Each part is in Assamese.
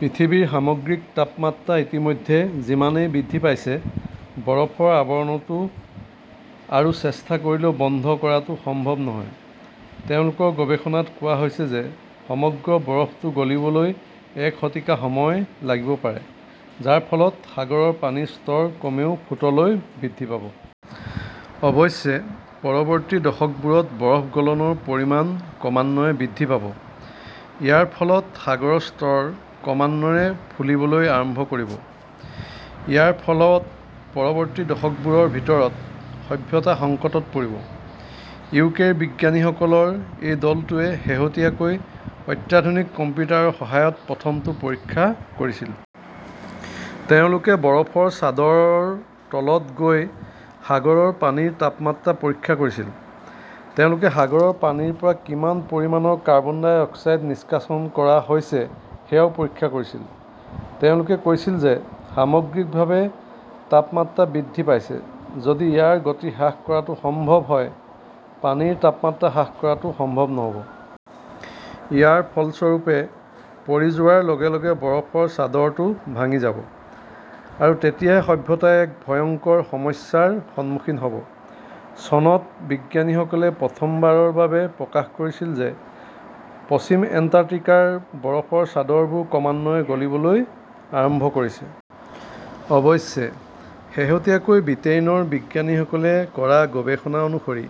পৃথিৱীৰ সামগ্ৰিক তাপমাত্ৰা ইতিমধ্যে যিমানেই বৃদ্ধি পাইছে, বৰফৰ আৱৰণটো আৰু চেষ্টা কৰিলেও বন্ধ কৰাটো সম্ভৱ নহয়। তেওঁলোকৰ গৱেষণাত কোৱা হৈছে যে সমগ্ৰ বৰফটো গলিবলৈ এক শতিকা সময় লাগিব পাৰে, যাৰ ফলত সাগৰৰ পানীৰ স্তৰ কমেও ফুটলৈ বৃদ্ধি পাব। অৱশ্যে, পৰৱৰ্তী দশকবোৰত বৰফ গলনৰ পৰিমাণ ক্ৰমান্বয়ে বৃদ্ধি পাব। ইয়াৰ ফলত সাগৰৰ স্তৰ ক্ৰমান্বয়ে ফুলিবলৈ আৰম্ভ কৰিব। ইয়াৰ ফলত পৰৱৰ্তী দশকবোৰৰ ভিতৰত সভ্যতা সংকটত পৰিব। ইউকেৰ বিজ্ঞানীসকলৰ এই দলটোৱে শেহতীয়াকৈ অত্যাধুনিক কম্পিউটাৰৰ সহায়ত প্ৰথমটো পৰীক্ষা কৰিছিল। তেওঁলোকে বৰফৰ চাদৰৰ তলত গৈ সাগৰৰ পানীৰ তাপমাত্ৰা পৰীক্ষা কৰিছিল। তেওঁলোকে সাগৰৰ পানীৰ পৰা কিমান পৰিমাণৰ কাৰ্বন ডাই অক্সাইড নিষ্কাশন কৰা হৈছে সেয়াও পৰীক্ষা কৰিছিল। তেওঁলোকে কৈছিল যে সামগ্ৰিকভাৱে তাপমাত্ৰা বৃদ্ধি পাইছে। যদি ইয়াৰ গতি হ্ৰাস কৰাটো সম্ভৱ হয়, পানীৰ তাপমাত্ৰা হ্ৰাস কৰাটো সম্ভৱ নহ 'ব। ইয়াৰ ফলস্বৰূপে পৰি যোৱাৰ লগে লগে বৰফৰ চাদৰটো ভাঙি যাব। আৰু তেতিয়াহে সভ্যতাই এক ভয়ংকৰ সমস্যাৰ সন্মুখীন হ "ব। চনত বিজ্ঞানীসকলে প্ৰথমবাৰৰ বাবে প্ৰকাশ কৰিছিল যে পশ্চিম এণ্টাৰ্কটিকাৰ বৰফৰ চাদৰবোৰ ক্ৰমান্বয়ে গলিবলৈ আৰম্ভ কৰিছে। অৱশ্যে, শেহতীয়াকৈ ব্ৰিটেইনৰ বিজ্ঞানীসকলে কৰা গৱেষণা অনুসৰি,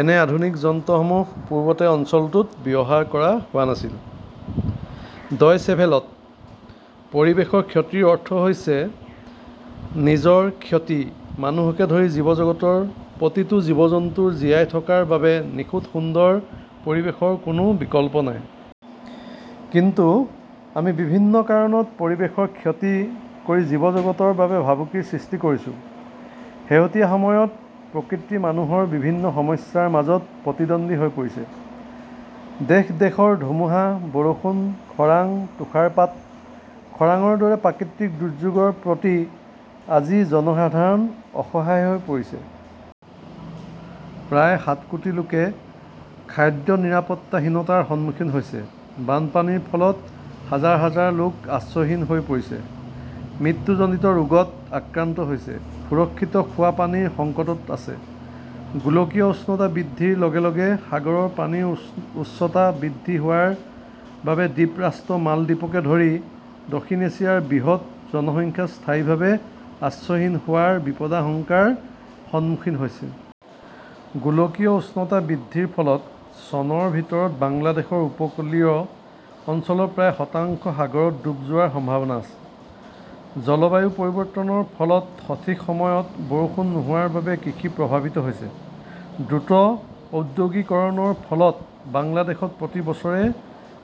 এনে আধুনিক যন্ত্ৰসমূহ পূৰ্বতে অঞ্চলটোত ব্যৱহাৰ কৰা হোৱা নাছিল। ডয়চেভেলত। পৰিৱেশৰ ক্ষতিৰ অৰ্থ হৈছে নিজৰ ক্ষতি মানুহকে ধৰি জীৱ জগতৰ প্ৰতিটো জীৱ-জন্তুৰ জীয়াই থকাৰ বাবে নিখুঁত সুন্দৰ পৰিৱেশৰ কোনো বিকল্প নাই। কিন্তু আমি বিভিন্ন কাৰণত পৰিৱেশৰ ক্ষতি কৰি জীৱ জগতৰ বাবে ভাবুকিৰ সৃষ্টি কৰিছো। শেহতীয়া সময়ত প্ৰকৃতি মানুহৰ বিভিন্ন সমস্যাৰ মাজত প্ৰতিদ্বন্দ্বী হৈ পৰিছে। দেশ-দেশৰ ধুমুহা, বৰষুণ, খৰাং, তুষাৰপাত, খৰাংৰ দৰে প্ৰাকৃতিক দুৰ্যোগৰ প্ৰতি আজি জনসাধাৰণ অসহায় হৈ পৰিছে। প্ৰায় সাত কোটি লোকে খাদ্য নিৰাপত্তাহীনতাৰ সন্মুখীন হৈছে, বানপানীৰ ফলত হাজাৰ হাজাৰ লোক আশ্ৰয়হীন হৈ পৰিছে, মৃত্যুজনিত ৰোগত আক্ৰান্ত হৈছে, সুৰক্ষিত খোৱা পানীৰ সংকটত আছে। গোলকীয় উষ্ণতা বৃদ্ধিৰ লগে লগে সাগৰৰ পানীৰ উচ্চতা বৃদ্ধি হোৱাৰ বাবে দ্বীপ ৰাষ্ট্ৰ মালদ্বীপকে ধৰি দক্ষিণ এছিয়াৰ বৃহৎ জনসংখ্যা স্থায়ীভাৱে আশ্ৰয়হীন হোৱাৰ বিপদাশংকাৰ সন্মুখীন হৈছে। গোলকীয় উষ্ণতা বৃদ্ধিৰ ফলত চনৰ ভিতৰত বাংলাদেশৰ উপকূলীয় অঞ্চলৰ প্ৰায় শতাংশ সাগৰত ডুব যোৱাৰ সম্ভাৱনা আছে। জলবায়ু পৰিৱৰ্তনৰ ফলত সঠিক সময়ত বৰষুণ নোহোৱাৰ বাবে কৃষি প্ৰভাৱিত হৈছে। দ্ৰুত ঔদ্যোগিকৰণৰ ফলত বাংলাদেশত প্ৰতি বছৰে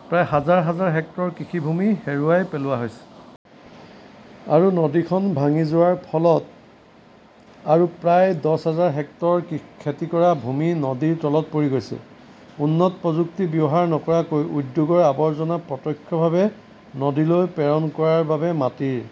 প্ৰায় হাজাৰ হেক্টৰ কৃষি ভূমি হেৰুৱাই পেলোৱা হৈছে। আৰু নদীখন ভাঙি যোৱাৰ ফলত আৰু প্ৰায় দহ হাজাৰ হেক্টৰ খেতি কৰা ভূমি নদীৰ তলত পৰি গৈছে। উন্নত প্ৰযুক্তি ব্যৱহাৰ নকৰাকৈ উদ্যোগৰ আৱৰ্জনা প্ৰত্যক্ষভাৱে নদীলৈ প্ৰেৰণ কৰাৰ বাবে মাটিৰ